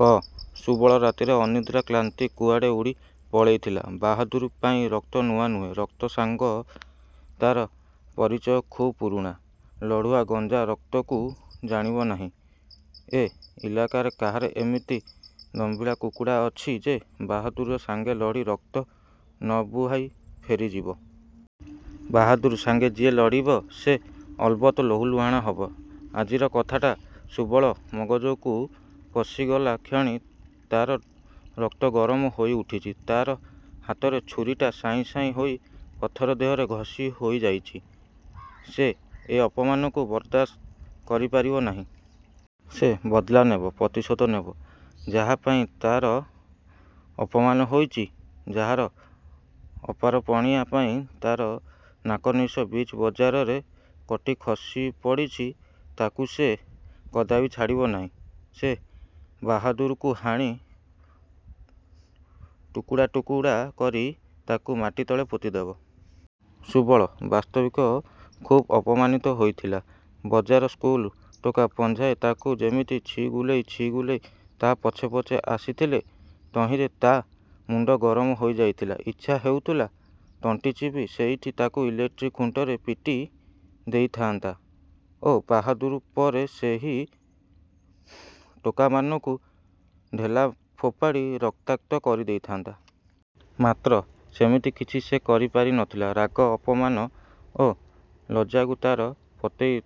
କଅ। ସୁବଳର ରାତି ଅନିଦ୍ରା କ୍ଳାନ୍ତି କୁଆଡ଼େ ଉଡ଼ି ପଳେଇଥିଲା। ବାହାଦୁର୍ ପାଇଁ ରକ୍ତ ନୂଆ ନୁହେଁ। ରକ୍ତ ସାଙ୍ଗେ ତାର ପରିଚୟ ଖୁବ୍ ପୁରୁଣା। ଲଢ଼ୁଆ ଗଞ୍ଜା ରକ୍ତକୁ ଜାଣିବ ନାହିଁ! ଏ ଇଲାକାରେ କାହାରେ ଏମିତି ଦମ୍ଭିଲା କୁକୁଡ଼ା ଅଛି ଯେ ବାହାଦୁର ସାଙ୍ଗେ ଲଢ଼ି ରକ୍ତ ନ ବୁହାଇ ଫେରିଯିବ? ବାହାଦୁର ସାଙ୍ଗେ ଯିଏ ଲଢ଼ିବ, ସେ ଅଲବତ୍ ଲହୁଲୁହାଣ ହେବ। ଆଜିର କଥାଟା ସୁବଳର ମଗଜକୁ ପଶିଗଲା କ୍ଷଣି ତାର ରକ୍ତ ଗରମ ହୋଇଉଠୁଛି। ତା ହାତର ଛୁରୀଟା ସାଏଁ ସାଏଁ ହୋଇ ପଥର ଦେହରେ ଘଷି ହୋଇଯାଉଛି। ସେ ଏ ଅପମାନକୁ ବରଦାସ୍ତ କରିପାରିବ ନାହିଁ। ସେ ବଦ୍ଲା ନେବ। ପ୍ରତିଶୋଧ ନେବ। ଯାହା ପାଇଁ ତାର ଅପମାନ ହୋଇଛି, ଯାହାର ଅପାରଗପଣିଆ ପାଇଁ ତାର ନାକନିଶ ବିଚ୍ ବଜାରରେ କଟି ଖସି ପଡ଼ିଛି, ତାକୁ ସେ କଦାପି ଛାଡ଼ିବ ନାହିଁ। ସେ ବାହାଦୁରକୁ ହାଣି, ଟୁକୁଡ଼ା ଟୁକୁଡ଼ା କରି ତାକୁ ମାଟିତଳେ ପୋତିଦେବ। ସୁବଳ ବାସ୍ତବିକ ଖୁବ୍ ଅପମାନିତ ହୋଇଥିଲା। ବଜାର ସ୍କୁଲ ଟୋକା ପଞ୍ଝାଏ ତାକୁ ଯେମିତି ଛିଗୁଲେଇ ଛିଗୁଲେଇ ତା ପଛେ ପଛେ ଆସିଥିଲେ ତହିଁରେ ତା ମୁଣ୍ଡ ଗରମ ହୋଇଯାଇଥିଲା। ଇଚ୍ଛା ହେଉଥିଲା ତଣ୍ଟିଚିପି ସେଇଠି ତାକୁ ଇଲେକ୍ଟ୍ରି ଖୁଣ୍ଟରେ ପିଟି ଦେଇଥାଆନ୍ତା ଓ ବାହାଦୁର୍ ପରେ ସେହି ଟୋକାମାନଙ୍କୁ ଢେଲା ଫୋପାଡ଼ି ରକ୍ତାକ୍ତ କରିଦେଇଥାଆନ୍ତା। ମାତ୍ର ସେମିତି କିଛି ସେ କରିପାରିନଥିଲା। ରାଗ, ଅପମାନ ଓ ଲଜ୍ଜାକୁ ତାର ଫତେଇ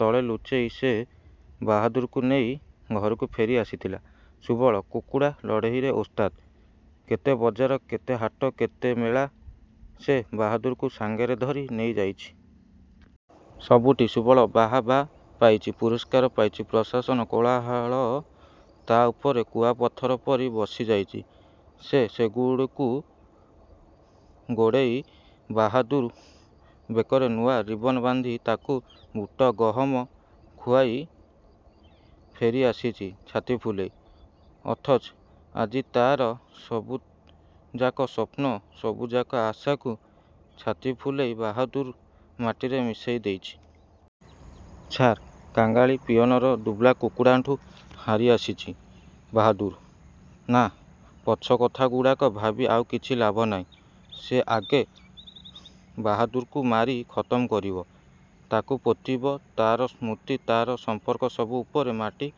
ତଳେ ଲୁଚେଇ ସେ ବାହାଦୁର୍କୁ ନେଇ ଘରକୁ ଫେରି ଆସିଥିଲା। ସୁବଳ କୁକୁଡ଼ା ଲଢ଼େଇର ଓସ୍ତାଦ। କେତେ ବଜାର, କେତେ ହାଟ ଓ କେତେ ମେଳା ସେ ବାହାଦୁରକୁ ସାଙ୍ଗରେ ଧରି ନ ଯାଇଛି! ସବୁଠି ସୁବଳ ବାହାବା ପାଇଛି, ପୁରସ୍କାର ପାଇଛି। ପ୍ରଶଂସାର ହ୍ୱିସିଲ, କୋଳାହଳ ତା ଉପରେ କୁଆପଥର ପରି ବର୍ଷିଯାଇଛି। ସେ ସେଗୁଡ଼ିକୁ ଗୋଟେଇ, ବାହାଦୁର୍ ବେକରେ ନୂଆ ରିବନ ବାନ୍ଧି, ତାକୁ ବୁଟ ଓ ଗହମ ଖୁଆଇ ଫେରିଆସିଛି ଛାତିଫୁଲେଇ। ଅଥଚ ଆଜି ତାର ସବୁଯାକ ସ୍ୱପ୍ନ, ସବୁଯାକ ଆଶାକୁ ଛାତିଫୁଲେଇ ବାହାଦୁର୍ ମାଟିରେ ମିଶେଇଦେଇଛି! ଛାର୍ କାଙ୍ଗାଳି ପିଅନର ଧୁବଲା କୁକୁଡ଼ାଠୁଁ ହାରି ଆସିଛି ବାହାଦୁର୍। ନା, ପଛ କଥାଗୁଡ଼ା ଭାବି ଆଉ କିଛି ଲାଭ ନାହିଁ। ସେ ଆଗେ ବାହାଦୁରକୁ ମାରି ଖତମ୍ କରିବ। ତାକୁ ପୋତିବ, ତାର ସ୍ମୃତି, ତାର ସମ୍ପର୍କ ସବୁ ଉପରେ ମାଟି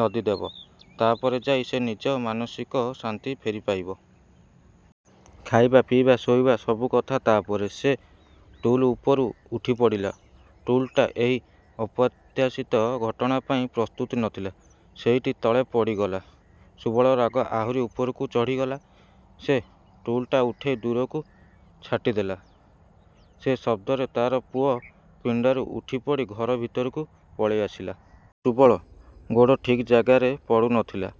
ଲଦିଦେବ। ତାପରେ ଯାଇ ସେ ନିଜର ମାନସିକ ଶାନ୍ତି ଫେରି ପାଇବ। ଖାଇବା, ପିଇବା, ଶୋଇବା–ସବୁ କଥା ତାପରେ। ସେ ଟୁଲ ଉପରୁ ଉଠିପଡ଼ିଲା। ଟୁଲଟା ଏହି ଅପ୍ରତ୍ୟାଶିତ ଘଟଣା ପାଇଁ ପ୍ରସ୍ତୁତ ନଥିଲା। ସେଇଟି ତଳେ ପଡ଼ିଗଲା। ସୁବଳର ରାଗ ଆହୁରି ଉପରକୁ ଚଢ଼ିଗଲା। ସେ ଟୁଲଟା ଉଠେଇ ଦୂରକୁ ଛାଟିଦେଲା। ସେଇ ଶବ୍ଦରେ ତାର ପୁଅ ପିଣ୍ଡାରୁ ଉଠିପଡ଼ି ଘର ଭିତରକୁ ପଳେଇ ଆସିଲା। ସୁବଳର ଗୋଡ଼ ଠିକ୍ ଜାଗାରେ ପଡ଼ୁ ନଥିଲା।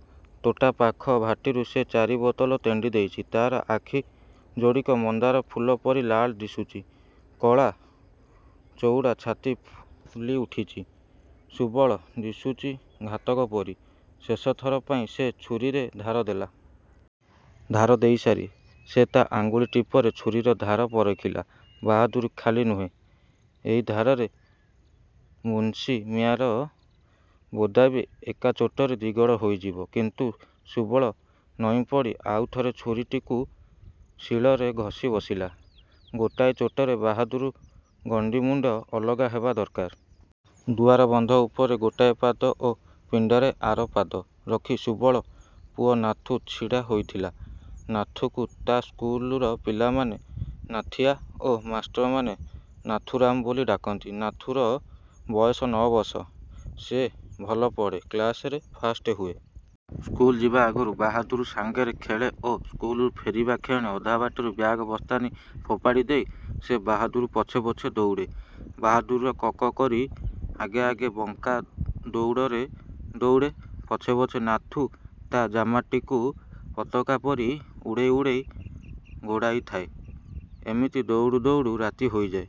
ତୋଟା ପାଖ ଭାଟିରୁ ସେ ଚାରି ବୋତଲ ତେଣ୍ଡିଦେଇଛି। ତାର ଆଖିଯୋଡ଼ିକ ମନ୍ଦାର ଫୁଲ ପରି ଲାଲ୍ ଦିଶୁଛି। କଳା ଚଉଡ଼ା ଛାତି ଫୁଲିଉଠୁଛି। ସୁବଳ ଦିଶୁଛି ଘାତକ ପରି। ଶେଷଥର ପାଇଁ ସେ ଛୁରୀରେ ଧାର ଦେଲା। ଧାର ଦେଇସାରି ସେ ତା ଆଙ୍ଗୁଳି ଟିପରେ ଛୁରୀର ଧାର ପରଖିଲା। ବାହାଦୁର ଖାଲି ନୁହେଁ, ଏଇ ଧାରରେ ମୁନ୍ସି ମିଆଁର ବୋଦା ବି ଏକାଚୋଟରେ ଦିଗଡ଼ ହୋଇଯିବ। କିନ୍ତୁ ସୁବଳ ନଇଁପଡ଼ି ଆଉଥରେ ଛୁରୀଟାକୁ ଶିଳରେ ଘଷି ବସିଲା। ଗୋଟାଏ ଚୋଟରେ ବାହାଦୁର ଗଣ୍ଡି ମୁଣ୍ଡ ଅଲଗା ହେବା ଦରକାର। ଦୁଆର ବନ୍ଧ ଉପରେ ଗୋଟେ ପାଦ ଓ ପିଣ୍ଡାରେ ଆର ପାଦ ରଖି ସୁବଳର ପୁଅ ନାଥୁ ଛିଡ଼ା ହୋଇଥିଲା। ନାଥୁକୁ ତା ସ୍କୁଲର ପିଲାମାନେ ନାଥିଆ ଓ ମାଷ୍ଟରମାନେ ନାଥୁରାମ ବୋଲି ଡାକନ୍ତି। ନାଥୁର ବୟସ ନଅ ବର୍ଷ। ସେ ଭଲ ପଢ଼େ, କ୍ଲାସରେ ଫାଷ୍ଟ ହୁଏ। ସ୍କୁଲ ଯିବା ଆଗରୁ ବାହାଦୁର ସାଙ୍ଗରେ ଖେଳେ ଓ ସ୍କୁଲରୁ ଫେରିବା କ୍ଷଣି ଅଧାବାଟରୁ ବ୍ୟାଗ ବସ୍ତାନି ଫୋପାଡ଼ି ଦେଇ ସେ ବାହାଦୁର ପଛେ ପଛେ ଦଉଡ଼େ। ବାହାଦୁର କକ୍କକ୍ କରି ଆଗେ ଆଗେ ବଙ୍କା ଦଉଡ଼ରେ ଦଉଡ଼େ, ପଛେ ପଛେ ନାଥୁ ତା ଜାମାଟିକୁ ପତାକା ପରି ଉଡ଼େଇ ଉଡ଼େଇ ଗୋଡ଼ାଇଥାଏ। ଏମିତି ଦଉଡୁ ଦଉଡୁ ରାତି ହୋଇଯାଏ।